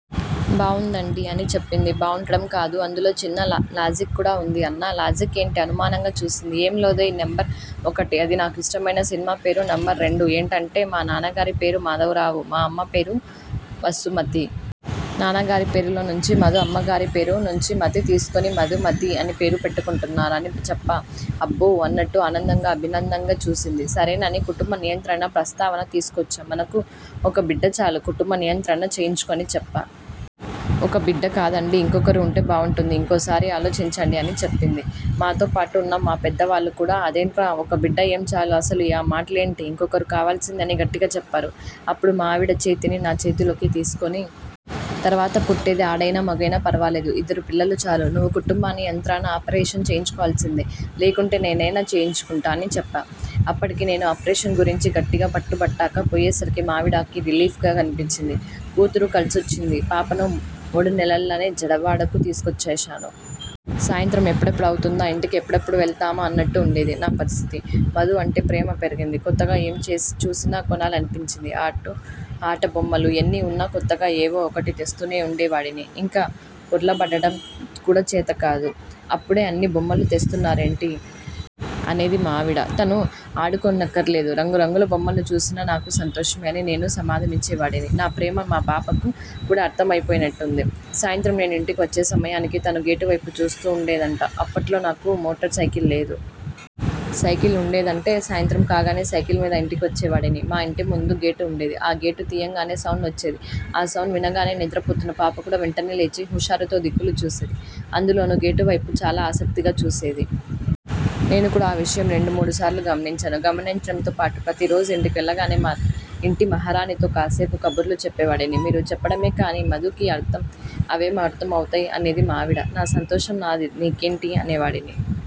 బావుందండీ' అని చెప్పింది. 'బావుండటం కాదు. అందులో చిన్న లాజిక్ కూడా ఉంది' అన్నా. 'లాజిక్కేంటి? ' అనుమానంగా చూసింది. 'ఏం లేదోయ్.. నెంబర్ ఒకటి. అది నాకు ఇష్టమైన సినిమా పేరు. నెంబర్ రెండు. ఏంటంటే.. మా నాన్నగారి పేరు మాధవరావు. మా అమ్మ పేరు వసుమతి. నాన్నగారి పేరులో నుంచి మధు, అమ్మగారి పేరు నుంచిమతి తీసుకుని మధుమతి అని పేరు పెట్టుకుంటాను అని చెప్పా''అబ్బో.. ' అన్నట్టు ఆనందంగా, అభినందనగా చూసింది. సరేనని కుటుంబ నియంత్రణ ప్రస్తావన తీసుకొచ్చా. 'మనకు ఒక బిడ్డ చాలు. కుటుంబ నియంత్రణ చేయించుకో' అని చెప్పా. 'ఒక్క బిడ్డ కాదండీ. ఇంకొకరు ఉంటే బావుంటుంది. ఇంకొక్కసారి ఆలోచించండి' అని చెప్పింది. మాతో పాటు ఉన్న మా పెద్దవాళ్లు కూడా 'అదేంట్రా ఒక బిడ్డ ఏం చాలు. అసలు ఆ మాటలేంటి? ఇంకొకరు కావాల్సిందే' అని గట్టిగా చెప్పారు. అప్పుడు మా ఆవిడ చేతిని నా చేతిలోకి తీసుకుని.. 'తర్వాత పుట్టేది ఆడైనా, మగైనా ఫర్వాలేదు. ఇద్దరు పిల్లలు చాలు. నువ్వు కుటుంబని యంత్రణ ఆపరేషన్ చేయించుకోవాల్సిందే. లేకుంటే నేనైనా చేయించుకుంటా' అని చెప్పా. అప్పటికి నేను ఆపరేషన్ గురించి గట్టిగా పట్టుబట్టక పోయేసరికి మా ఆవిడకి రిలీఫ్గా అనిపించింది. కూతురు కలిసొచ్చింది పాపను మూడునెలలకే నేను జేడవాడకు తీసుకొచ్చేశాను. సాయంత్రం ఎప్పుడెప్పుడు అవుతుందా? ఇంటికి ఎప్పుడెప్పుడు వెళ్దామా అన్నట్టు ఉండేది నా పరిస్థితి. మధు అంటే ప్రేమ పెరిగింది. కొత్తగా ఏం చూసినా కొనాలనిపించేది. ఆటబొమ్మలు ఎన్నిఉన్నా కొత్తగా ఏవో ఒకటి తెస్తూనే ఉండేవాడిని. 'ఇంకా బోర్లాపడటం కూడా చేతకాదు. అప్పుడే అన్ని బొమ్మలు తెస్తున్నారేంటి? ' అనేది మా ఆవిడ. తను ఆడుకోనక్కర్లేదు. 'రంగురంగుల బొమ్మలను చూసినా నాకు సంతోషమే' అని నేను సమాధానమిచ్చే వాడిని. నా ప్రేమ మా పాపకు కూడా అర్థమైపోయినట్టుంది. సాయంత్రం నేను ఇంటికి వచ్చే సమయానికి తను గేటు వైపు చూస్తూ ఉండేదట. అప్పట్లో నాకు మోటార్ సైకిల్ లేదు. సైకిల్ ఉండేదంతే. సాయంత్రం కాగానే సైకిల్ మీద ఇంటికి వచ్చేవాడిని. మా ఇంటి ముందు గేటు ఉండేది. ఆ గేటు తీయగానే సౌండ్ వచ్చేది. ఆ సౌండ్ వినగానే నిద్రపోతున్న పాపకూడా వెంటనే లేచి, హుషారుతో దిక్కులు చూసి. అందులోనూ గేటు వైపు చాలా ఆసక్తిగా చూసేది. నేను కూడా ఆ విషయం రెండు, మూడుసార్లు గమనించాను. గమనించడంతో పాటు ప్రతిరోజూ ఇంటికి వెళ్లగానే మా ఇంటి మహారాణితో కాసేపు కబుర్లు చెప్పేవాడిని. 'మీరు చెప్పడమే కానీ మధుకి అవేం అర్థమవుతాయి? ' అనేది మా ఆవిడ. 'నా సంతోషం నాది.. నీకేంటి? ' అనేవాడిని.